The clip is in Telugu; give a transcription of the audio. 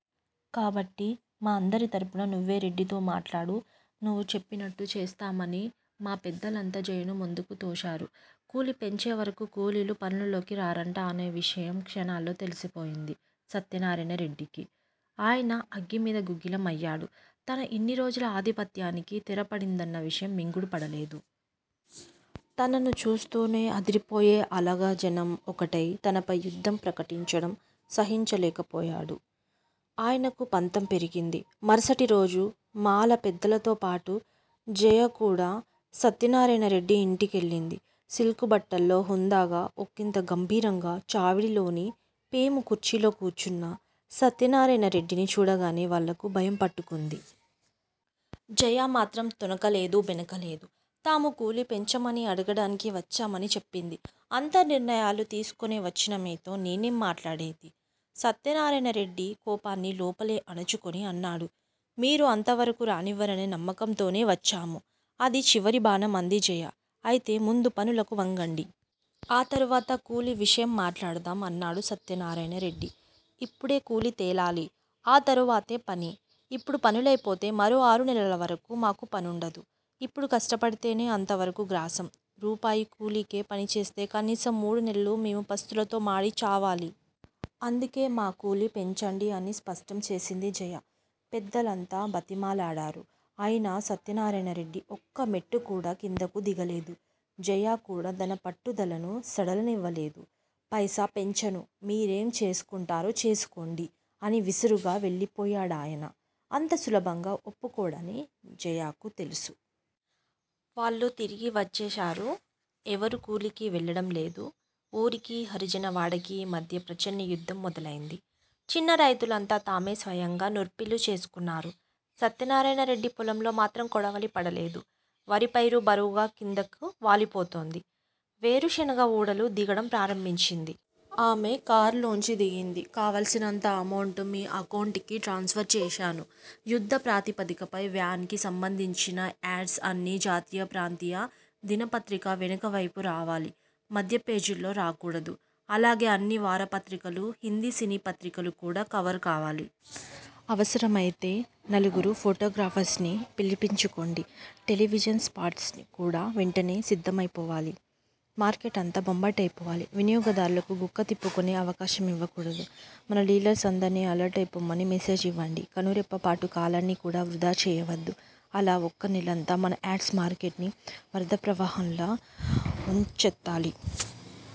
కాబట్టి మా అందరి తరపున నువ్వే రెడ్డితో మాట్లాడు. నువు చెప్పినట్టు చేస్తాం అని మా పెద్దలంతా జయను ముందుకు తోశారు. కూలీ పెంచేవరకు కూలీలు పనుల్లోకి రారంట అనే విషయం క్షణంలో తెలిసిపోయింది సత్యనారాయణరెడ్డికి. ఆయన అగ్గిలం మీద గుగ్గిలం అయ్యాడు. తన ఇన్ని రోజుల ఆధిపత్యానికి తెర పడిందన్న విషయం మింగుడు పడలేదు. తనను చూస్తూనే అదిరిపోయే అలగా జనం ఒక్కటై తనపై యుద్ధం ప్రకటించడం సహించలేకపోయాడు. ఆయనకు పంతం పెరిగింది. మరుసటి రోజు మాల పెద్దలతోపాటు జయ కూడా సత్యనారాయణరెడ్డి ఇంటికెళ్ళింది. సిల్క్ బట్టల్లో హుందాగా, ఒకింత గంభీరంగా చావిడిలోని పేము కుర్చీలో కూర్చున్న సత్యనారాయణరెడ్డిని చూడగానే వాళ్ళకు భయం పట్టుకుంది. జయ మాత్రం తొణకలేదు. బెణకలేదు. తాము కూలీ పెంచమని అడగడానికి వచ్చామని చెప్పింది. అంతా నిర్ణయాలు తీసుకునే వచ్చిన మీతో నేనేం మాట్లాడేది? సత్యనారాయణరెడ్డి కోపాన్ని లోపలే అణచుకుని అన్నాడు. మీరు అంతవరకు రానివ్వరనే నమ్మకంతోనే వచ్చాం. అది చివరి బాణం అంది జయ. అయితే ముందు పనులకు వంగండి. ఆ తరువాత కూలీ విషయం మాట్లాడదాం అన్నాడు సత్యనారాయణరెడ్డి. ఇప్పుడే కూలీ తేలాలి. ఆ తరువాతే పని. ఇప్పుడు పనులైపోతే మరో ఆరు నెలల వరకు మాకు పనుండదు. ఇప్పుడు కష్టపడితేనే అంతవరకు గ్రాసం. రూపాయి కూలీకే పనిచేస్తే కనీసం మూడు నెలలు మేం పస్తులతో మాడి చావాలి. అందుకే మా కూలీ పెంచండి అని స్పష్టం చేసింది జయ. పెద్దలంతా బతిమలాడారు. అయినా సత్యనారాయణరెడ్డి ఒక్క మెట్టు కూడా కిందకు దిగలేదు. జయ కూడా తన పట్టుదలను సడలనివ్వలేదు. పైసా పెంచను. మీరేం చేసుకుంటారో చేసుకోండి అని విసురుగా వెళ్ళిపోయాడాయన. అంత సులభంగా ఒప్పుకోడని జయకూ తెలుసు. వాళ్ళు తిరిగి వచ్చేశారు. ఎవరూ కూలీకి వెళ్ళడం లేదు. ఊరికీ, హరిజనవాడకీ మధ్య ప్రచ్చన్న యుద్ధం మొదలైంది. చిన్న రైతులంతా తామే స్వయంగా నూర్పిళ్ళు చేసుకున్నారు. సత్యనారాయణరెడ్డి పొలంలో మాత్రం కొడవలి పడలేదు. వరి పైరు బరువుగా కిందకు వాలిపోతోంది. వేరుశనగ వూడలు దిగడం ప్రారంభించింది. ఆమె కారులోంచి దిగింది. కావల్సినంత ఎమౌంట్ మీ ఎకౌంట్ కి ట్రాన్స్ ఫర్ చేశాను. యుద్ద ప్రాతిపదికపై వ్యాన్ కి సంబంధించిన యాడ్స్ అన్నీ జాతీయ, ప్రాంతీయ దినపత్రిక వెనుకవైపు రావాలి. మధ్య పేజీల్లో రాకూడదు. అలాగే అన్ని వారపత్రికలు, హిందీ సినీపత్రికలు కూడా కవర్ కావాలి. అవసరమైతే నలుగురు ఫోటోగ్రాఫర్స్ ని పిలిపించుకోండి. టెలివిజన్ స్పాట్స్ కూడా వెంటనే సిద్దమైపోవాలి. మార్కెట్ అంతా బంబాట్ అయిపోవాలి. వినియోగదారులకు గుక్కతిప్పుకునే అవకాశం యివ్వకూడదు. మన డీలర్స్ అందర్నీ అలర్ట్ అయిపొమ్మని మెసేజ్ ఇవ్వండి. కనురెప్పపాటు కాలాన్ని కూడా వృధా చేయవద్దు. అలా ఒక్క నెలంతా మన యాడ్స్ మార్కెట్ ని వరద ప్రవాహంలా ముంచెత్తాలి.